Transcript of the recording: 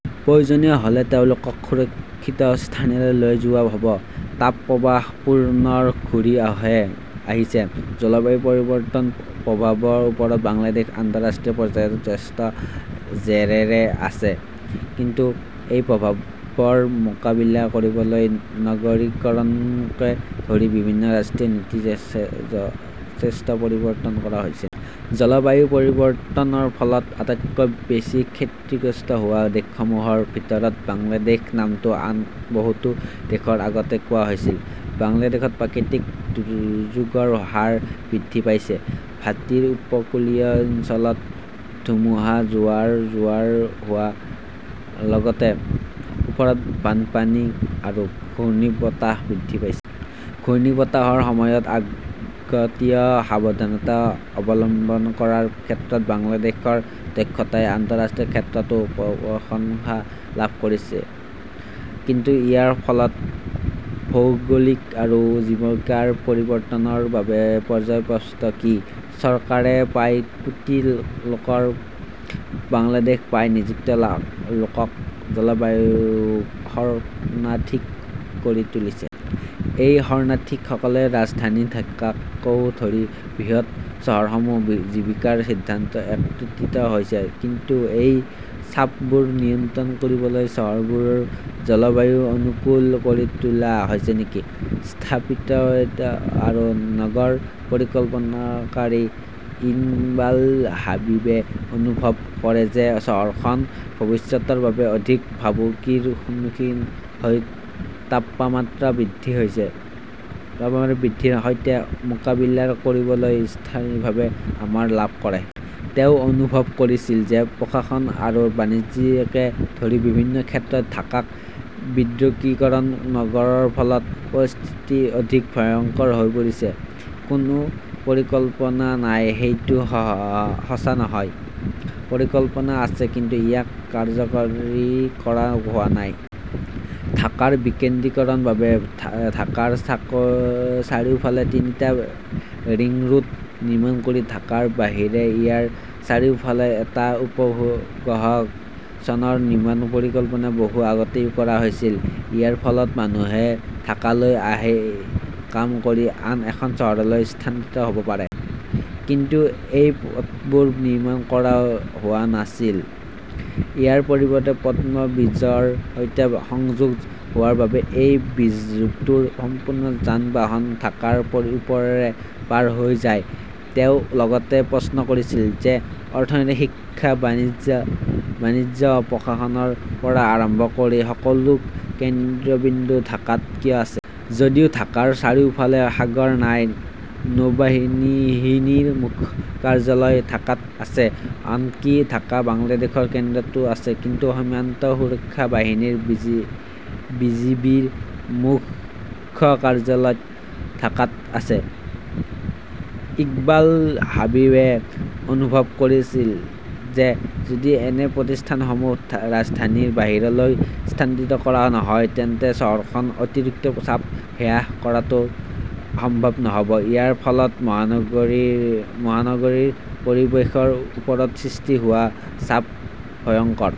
প্ৰয়োজন হ'লে তেওঁলোকক সুৰক্ষিত স্থানলৈ লৈ যোৱা হ'ব। তাপপ্ৰবাহ পুনৰ ঘূৰি আহিছে জলবায়ু পৰিৱৰ্তনৰ প্ৰভাৱৰ ওপৰত বাংলাদেশ আন্তঃৰাষ্ট্ৰীয় পৰ্যায়ত যথেষ্ট জোৰেৰে আছে। কিন্তু এই প্ৰভাৱৰ মোকাবিলা কৰিবলৈ নগৰীকৰণকে ধৰি বিভিন্ন ৰাষ্ট্ৰীয় নীতিত যথেষ্ট পৰিৱৰ্তন কৰা হৈছে নেকি? জলবায়ু পৰিৱৰ্তনৰ ফলত আটাইতকৈ বেছি ক্ষতিগ্ৰস্ত হোৱা দেশসমূহৰ ভিতৰত বাংলাদেশ নামটো আন বহুতো দেশৰ আগতে কোৱা হৈছিল। বাংলাদেশত প্ৰাকৃতিক দুৰ্যোগৰ হাৰ বৃদ্ধি পাইছে। ভাটিৰ উপকূলীয় অঞ্চলত ধুমুহা, জোৱাৰ-জোৱাৰ হোৱাৰ লগতে ওপৰত বানপানী আৰু ঘূৰ্ণীবতাহ বৃদ্ধি পাইছে। ঘূৰ্ণীবতাহৰ সময়ত আগতীয়া সাৱধানতা অৱলম্বন কৰাৰ ক্ষেত্ৰত বাংলাদেশৰ দক্ষতাই আন্তঃৰাষ্ট্ৰীয় ক্ষেত্ৰতো প্ৰশংসা লাভ কৰিছে। কিন্তু ইয়াৰ ফলত ভৌগোলিক আৰু জীৱিকাৰ পৰিৱৰ্তনৰ বাবে পৰ্যাপ্ত প্ৰস্তুতি কি? চৰকাৰে প্ৰায় কোটি লোকৰ বাংলাদেশত প্ৰায় নিযুত লোকক জলবায়ু শৰণাৰ্থী কৰি তুলিছে। এই শৰণাৰ্থীসকলে ৰাজধানী ঢাকাকে ধৰি বৃহৎ চহৰসমূহত জীৱিকাৰ সন্ধানত একত্ৰিত হৈছে। কিন্তু সেই চাপবোৰ নিয়ন্ত্ৰণ কৰিবলৈ চহৰবোৰ জলবায়ু অনুকূল কৰি তোলা হৈছে নেকি? স্থপতিবিদ আৰু নগৰ পৰিকল্পনাকাৰী ইকবাল হাবিবে অনুভৱ কৰে যে চহৰখন ভৱিষ্যতৰ বাবে অধিক ভাবুকিৰ সন্মুখীন হৈছে, তাপমাত্ৰা বৃদ্ধিৰ সৈতে মোকাবিলা কৰিবলৈ অস্থায়ীভাৱে আৰাম লাভ কৰিছে। তেওঁ অনুভৱ কৰিছিল যে প্ৰশাসন আৰু বাণিজ্যকে ধৰি বিভিন্ন ক্ষেত্ৰত ঢাকাক বিকেন্দ্ৰীকৰণ নকৰাৰ ফলত পৰিস্থিতি অধিক ভয়ংকৰ হৈ পৰিছে। "কোনো পৰিকল্পনা নাই সেইটো সঁচা নহয়। পৰিকল্পনা আছে, কিন্তু ইয়াক কাৰ্যকৰী কৰা হোৱা নাই। ঢাকাৰ বিকেন্দ্ৰীকৰণৰ বাবে ঢাকাৰ চাৰিওফালে তিনিটা ৰিং ৰোড নিৰ্মাণ কৰি ঢাকাৰ বাহিৰে ইয়াৰ চাৰিওফালে এটা উপগ্ৰহ চহৰ নিৰ্মাণৰ পৰিকল্পনা বহু আগতেই কৰা হৈছিল। ইয়াৰ ফলত মানুহে ঢাকালৈ আহি কাম কৰি আন এখন চহৰলৈ স্থানান্তৰিত হ'ব পাৰে। কিন্তু সেই পথবোৰ নিৰ্মাণ কৰা হোৱা নাছিল। ইয়াৰ পৰিৱৰ্তে, পদ্মা ব্ৰীজৰ সৈতে সংযোগ হোৱাৰ বাবে সেই ব্ৰীজটোৰ সম্পূৰ্ণ যান-বাহন ঢাকাৰ ওপৰেৰে পাৰ হৈ যায়। তেওঁ লগতে প্ৰশ্ন কৰিছিল যে অৰ্থনীতি, শিক্ষা, বাণিজ্য, প্ৰশাসনৰ পৰা আৰম্ভ কৰি সকলোৰে কেন্দ্ৰবিন্দু ঢাকাত কিয় আছে। যদিও ঢাকাৰ চাৰিওফালে সাগৰ নাই, নৌবাহিনীৰ মুখ্য কাৰ্যালয় ঢাকাত আছে, আনকি ঢাকা বাংলাদেশৰ কেন্দ্ৰতো আছে, কিন্তু সীমান্ত সুৰক্ষা বাহিনীৰ বিজিবিৰ মুখ্য কাৰ্যালয়ও ঢাকাত আছে। ইকবাল হাবিবে অনুভৱ কৰিছিল যে, যদি এনে প্ৰতিষ্ঠানসমূহ ৰাজধানীৰ বাহিৰলৈ স্থানান্তৰিত কৰা নহয়, তেন্তে চহৰখনত অতিৰিক্ত চাপ হ্ৰাস কৰাটো সম্ভৱ নহ'ব। ইয়াৰ ফলত মহানগৰীৰ পৰিৱেশৰ ওপৰত সৃষ্টি হোৱা চাপ ভয়ংকৰ।